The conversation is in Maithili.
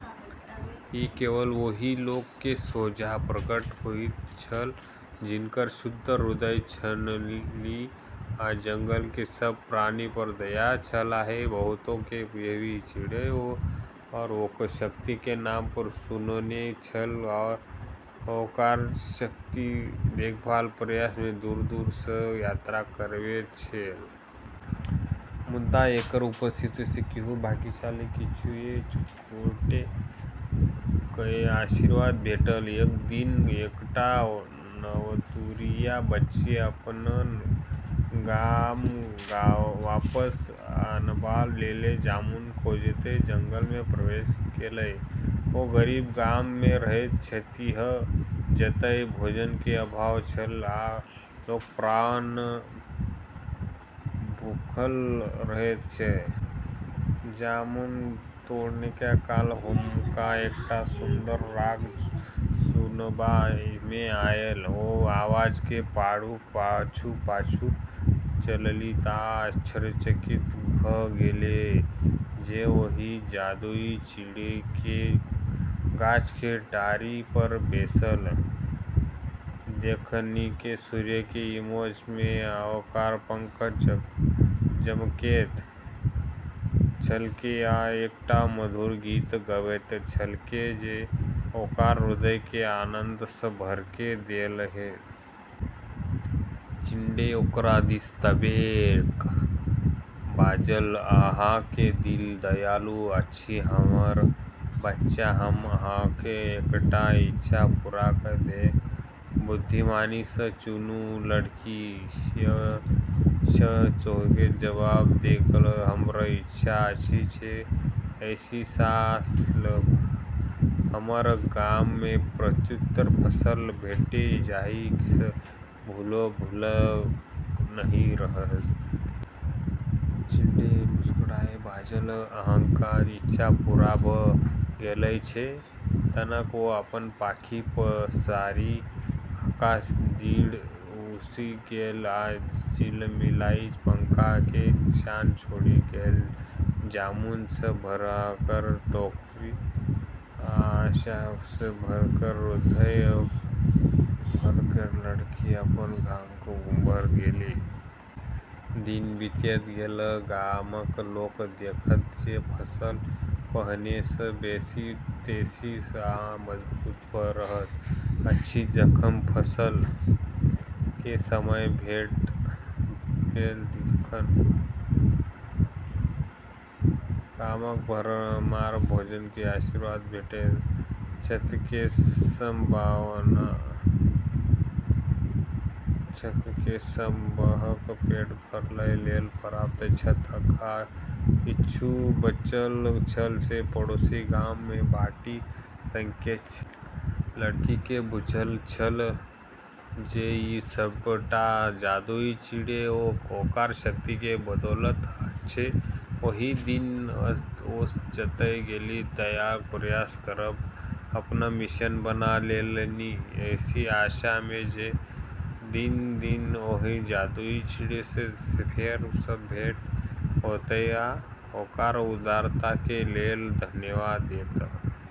ई केवल ओहि लोक के सोझाँ प्रकट होइत छल जिनकर शुद्ध हृदय छलनि आ जंगल के सभ प्राणी पर दयालु छलाह। बहुतो लोक एहि चिड़ै आ ओकर शक्ति के नाम सुनने छल, आ ओकर झलक देखबाक प्रयास मे दूर-दूर सँ यात्रा करैत छल। मुदा, एकर उपस्थिति सँ किछु भाग्यशाली किछुए गोटे कए आशीर्वाद भेटल। एक दिन एकटा नवतुरिया बच्ची अपन गाम वापस अनबाक लेल जामुन खोजैत जंगल मे प्रवेश केलक। ओ गरीब गाम मे रहैत छलीह, जतय भोजन के अभाव छल, आ लोक प्रायः भूखल रहैत छल। जामुन तोड़ैत काल हुनका एकटा सुन्दर राग सुनबा मे आयल। ओ आवाज के पाछू-पाछू चललीह, आ आश्चर्यचकित भ' गेलीह जे ओहि जादुई चिड़ै केँ गाछ के डारि पर बैसल देखलनि। सूर्य के इजोत मे ओकर पंख चमकैत छलैक, आ एकटा मधुर गीत गबैत छलैक जे ओकर हृदय केँ आनन्द सँ भरि देलकैक। चिड़ै ओकरा दिस तकैत बाजल, "अहाँक दिल दयालु अछि हमर बच्चा। हम अहाँक एकटा इच्छा पूरा क' देब। बुद्धिमानी सँ चुनू।" लड़की एक क्षण सोचैत जवाब देलक, "हमर इच्छा अछि जे एहि साल हमर गाम मे प्रचुर फसल भेटय जाहि सँ कियो भूखल नहि रहय।" चिड़ै मुस्कुराइत बाजल, "अहाँक इच्छा पूरा भ' गेल अछि।" तखन ओ अपन पाँखि पसारि आकाश दिस उड़ि गेल आ झिलमिलाइत पंख के निशान छोड़ि गेल। जामुन सँ भरल टोकरी आ आशा सँ भरल हृदय लऽ कऽ लड़की अपन गाम घुरि गेल। दिन बीतैत गेल, गामक लोक देखल जे फसल पहिने सँ बेसी तेजी सँ आ मजबूत भऽ रहल अछि। जखन फसल के समय भेल तखन गामक भरमार भोजन के आशीर्वाद भेटैत छलैक। सबहक पेट भरय लेल पर्याप्त छल, आ किछु बचल छल जे पड़ोसी गाम मे बाँटि सकैत छल। लड़की के बुझल छल जे ई सबटा जादुई चिड़ै आ ओकर शक्ति के बदौलत अछि। ओहि दिन सँ ओ जतय गेलीह दयाक प्रसार करब अपन मिशन बना लेलनि, एहि आशा मे जे एक दिन ओहि जादुई चिड़ै सँ फेर सँ भेंट होयत आ ओकर उदारता के लेल धन्यवाद देत।